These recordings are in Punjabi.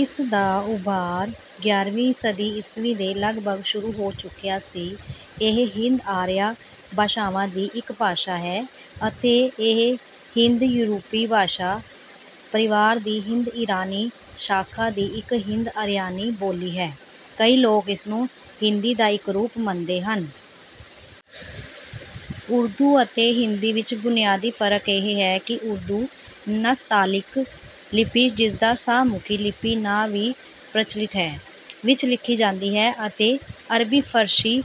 ਇਸ ਦਾ ਉਭਾਰ ਗਿਆਰ੍ਹਵੀਂ ਸਦੀ ਈਸਵੀ ਦੇ ਲਗਭਗ ਸ਼ੁਰੂ ਹੋ ਚੁੱਕਿਆ ਸੀ। ਇਹ ਹਿੰਦ-ਆਰੀਆ ਭਾਸ਼ਾਵਾਂ ਦੀ ਇੱਕ ਭਾਸ਼ਾ ਹੈ ਅਤੇ ਇਹ ਹਿੰਦ-ਯੂਰਪੀ ਭਾਸ਼ਾ-ਪਰਿਵਾਰ ਦੀ ਹਿੰਦ-ਇਰਾਨੀ ਸ਼ਾਖਾ ਦੀ ਇੱਕ ਹਿੰਦ-ਆਰੀਆਈ ਬੋਲੀ ਹੈ। ਕਈ ਲੋਕ ਇਸਨੂੰ ਹਿੰਦੀ ਦਾ ਇੱਕ ਰੂਪ ਮੰਨਦੇ ਹਨ। ਉਰਦੂ ਅਤੇ ਹਿੰਦੀ ਵਿੱਚ ਬੁਨਿਆਦੀ ਫ਼ਰਕ ਇਹ ਹੈ ਕਿ ਉਰਦੂ ਨਸਤਾਲੀਕ ਲਿਪੀ, ਜਿਸਦਾ ਸ਼ਾਹਮੁਖੀ ਲਿਪੀ ਨਾਂ ਵੀ ਪ੍ਰਚਲਿਤ ਹੈ, ਵਿੱਚ ਲਿਖੀ ਜਾਂਦੀ ਹੈ ਅਤੇ ਅਰਬੀ-ਫ਼ਾਰਸੀ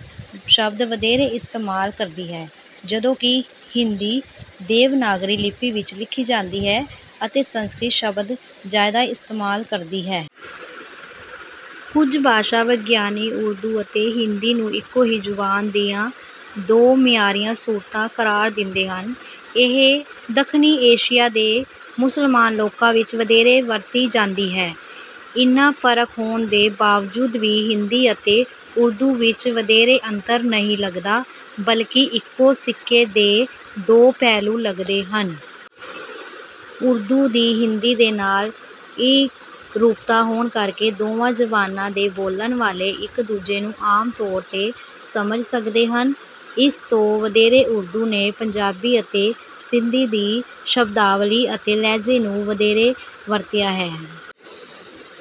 ਸ਼ਬਦ ਵਧੇਰੇ ਇਸਤੇਮਾਲ ਕਰਦੀ ਹੈ। ਜਦੋਂ ਕਿ ਹਿੰਦੀ ਦੇਵਨਾਗਰੀ ਲਿਪੀ ਵਿੱਚ ਲਿਖੀ ਜਾਂਦੀ ਹੈ ਅਤੇ ਸੰਸਕ੍ਰਿਤ ਸ਼ਬਦ ਜ਼ਿਆਦਾ ਇਸਤੇਮਾਲ ਕਰਦੀ ਹੈ। ਕੁਝ ਭਾਸ਼ਾ-ਵਿਗਿਆਨੀ ਉਰਦੂ ਅਤੇ ਹਿੰਦੀ ਨੂੰ ਇੱਕੋ ਹੀ ਜ਼ੁਬਾਨ ਦੀਆਂ ਦੋ ਮਿਆਰੀ ਸੂਰਤਾਂ ਕਰਾਰ ਦਿੰਦੇ ਹਨ। ਇਹ ਦੱਖਣੀ ਏਸ਼ੀਆ ਦੇ ਮੁਸਲਮਾਨ ਲੋਕਾਂ ਵਿੱਚ ਵਧੇਰੇ ਵਰਤੀ ਜਾਂਦੀ ਹੈ। ਇੰਨਾ ਫ਼ਰਕ ਹੋਣ ਦੇ ਬਾਵਜੂਦ ਵੀ ਹਿੰਦੀ ਅਤੇ ਉਰਦੂ ਵਿੱਚ ਵਧੇਰੇ ਅੰਤਰ ਨਹੀਂ ਲਗਦਾ, ਬਲਕਿ ਇੱਕੋ ਸਿੱਕੇ ਦੇ ਦੋ ਪਹਿਲੂ ਲਗਦੇ ਹਨ। ਉਰਦੂ ਦੀ ਹਿੰਦੀ ਦੇ ਨਾਲ ਇੱਕਰੂਪਤਾ ਹੋਣ ਕਰਕੇ, ਦੋਵਾਂ ਜ਼ਬਾਨਾਂ ਦੇ ਬੋਲਣ ਵਾਲੇ ਇੱਕ ਦੂਜੇ ਨੂੰ ਆਮ ਤੌਰ 'ਤੇ ਸਮਝ ਸਕਦੇ ਹਨ। ਇਸ ਤੋਂ ਵਧੇਰੇ ਉਰਦੂ ਨੇ ਪੰਜਾਬੀ ਅਤੇ ਸਿੰਧੀ ਦੀ ਸ਼ਬਦਾਵਲੀ ਅਤੇ ਲਹਿਜੇ ਨੂੰ ਵਧੇਰੇ ਵਰਤਿਆ ਹੈ।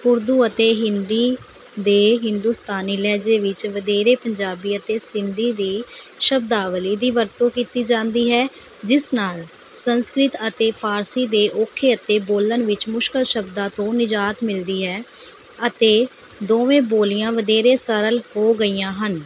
ਉਰਦੂ ਅਤੇ ਹਿੰਦੀ ਦੇ ਹਿੰਦੁਸਤਾਨੀ ਲਹਿਜੇ ਵਿੱਚ ਵਧੇਰੇ ਪੰਜਾਬੀ ਅਤੇ ਸਿੰਧੀ ਦੀ ਸ਼ਬਦਾਵਲੀ ਦੀ ਵਰਤੋਂ ਕੀਤੀ ਜਾਂਦੀ ਹੈ, ਜਿਸ ਨਾਲ ਸੰਸਕ੍ਰਿਤ ਅਤੇ ਫ਼ਾਰਸੀ ਦੇ ਔਖੇ ਅਤੇ ਬੋਲਣ ਵਿੱਚ ਮੁਸ਼ਕਲ ਸ਼ਬਦਾਂ ਤੋਂ ਨਿਜਾਤ ਮਿਲੀ ਹੈ, ਅਤੇ ਦੋਵੇਂ ਬੋਲੀਆਂ ਵਧੇਰੇ ਸਰਲ ਹੋ ਗਈਆਂ ਹਨ।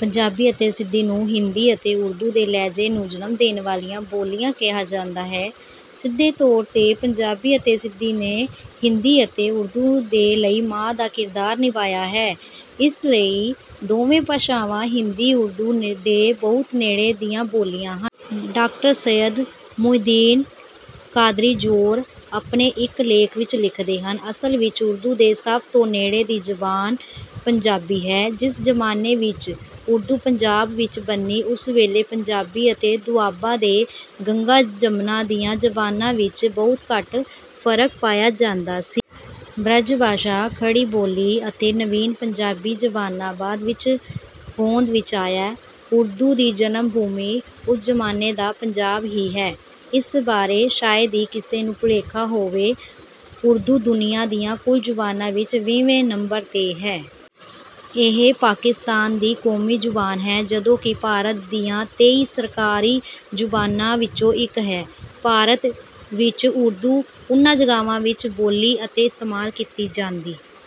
ਪੰਜਾਬੀ ਅਤੇ ਸਿੰਧੀ ਨੂੰ ਹਿੰਦੀ ਅਤੇ ਉਰਦੂ ਦੇ ਲਹਿਜੇ ਨੂੰ ਜਨਮ ਦੇਣ ਵਾਲੀਆਂ ਬੋਲੀਆਂ ਕਿਹਾ ਜਾਂਦਾ ਹੈ। ਸਿੱਧੇ ਤੌਰ 'ਤੇ ਪੰਜਾਬੀ ਅਤੇ ਸਿੰਧੀ ਨੇ ਹਿੰਦੀ ਅਤੇ ਉਰਦੂ ਦੇ ਲਈ ਮਾਂ ਦਾ ਕਿਰਦਾਰ ਨਿਭਾਇਆ ਹੈ, ਇਸੇ ਲਈ ਦੋਵੇਂ ਭਾਸ਼ਾਵਾਂ ਹਿੰਦੀ-ਉਰਦੂ ਦੇ ਬਹੁਤ ਨੇੜੇ ਦੀਆਂ ਬੋਲੀਆਂ ਹਨ। ਡਾ. ਸੱਯਦ ਮੁਹੀਉਦੀਨ ਕ਼ਾਦਰੀ ਜ਼ੋਰ ਆਪਣੇ ਇੱਕ ਲੇਖ ਵਿੱਚ ਲਿਖਦੇ ਹਨ: ਅਸਲ ਵਿੱਚ ਉਰਦੂ ਦੇ ਸਭ ਤੋਂ ਨੇੜੇ ਦੀ ਜ਼ਬਾਨ ਪੰਜਾਬੀ ਹੈ। ਜਿਸ ਜ਼ਮਾਨੇ ਵਿੱਚ ਉਰਦੂ ਪੰਜਾਬ ਵਿੱਚ ਬਣੀ ਉਸ ਵੇਲੇ ਪੰਜਾਬੀ ਅਤੇ ਦੁਆਬਾ ਤੇ ਗੰਗਾ-ਜਮਨਾ ਦੀਆਂ ਜ਼ਬਾਨਾਂ ਵਿੱਚ ਬਹੁਤ ਘੱਟ ਫ਼ਰਕ ਪਾਇਆ ਜਾਂਦਾ ਸੀ। ਬ੍ਰਜ ਭਾਸ਼ਾ, ਖੜੀ ਬੋਲੀ ਅਤੇ ਨਵੀਨ ਪੰਜਾਬੀ ਜ਼ਬਾਨਾਂ ਬਾਅਦ ਵਿੱਚ ਹੋਂਦ ਵਿੱਚ ਆਈਆਂ। ਉਰਦੂ ਦੀ ਜਨਮ ਭੂਮੀ ਉਸ ਜ਼ਮਾਨੇ ਦਾ ਪੰਜਾਬ ਹੀ ਹੈ, ਇਸ ਬਾਰੇ ਸ਼ਾਇਦ ਹੀ ਕਿਸੇ ਨੂੰ ਭੁਲੇਖਾ ਹੋਵੇ। ਉਰਦੂ ਦੁਨੀਆ ਦੀਆਂ ਕੁੱਲ ਜ਼ੁਬਾਨਾਂ ਵਿੱਚ ਵੀਹਵੇਂ ਨੰਬਰ 'ਤੇ ਹੈ। ਇਹ ਪਾਕਿਸਤਾਨ ਦੀ ਕੌਮੀ ਜ਼ੁਬਾਨ ਹੈ, ਜਦੋਂ ਕਿ ਭਾਰਤ ਦੀਆਂ ਤੇਈ ਸਰਕਾਰੀ ਜ਼ੁਬਾਨਾਂ ਵਿੱਚੋਂ ਇੱਕ ਹੈ। ਭਾਰਤ ਵਿੱਚ, ਉਰਦੂ ਉਨ੍ਹਾਂ ਜਗ੍ਹਾਵਾਂ ਵਿੱਚ ਬੋਲੀ ਅਤੇ ਇਸਤੇਮਾਲ ਕੀਤੀ ਜਾਂਦੀ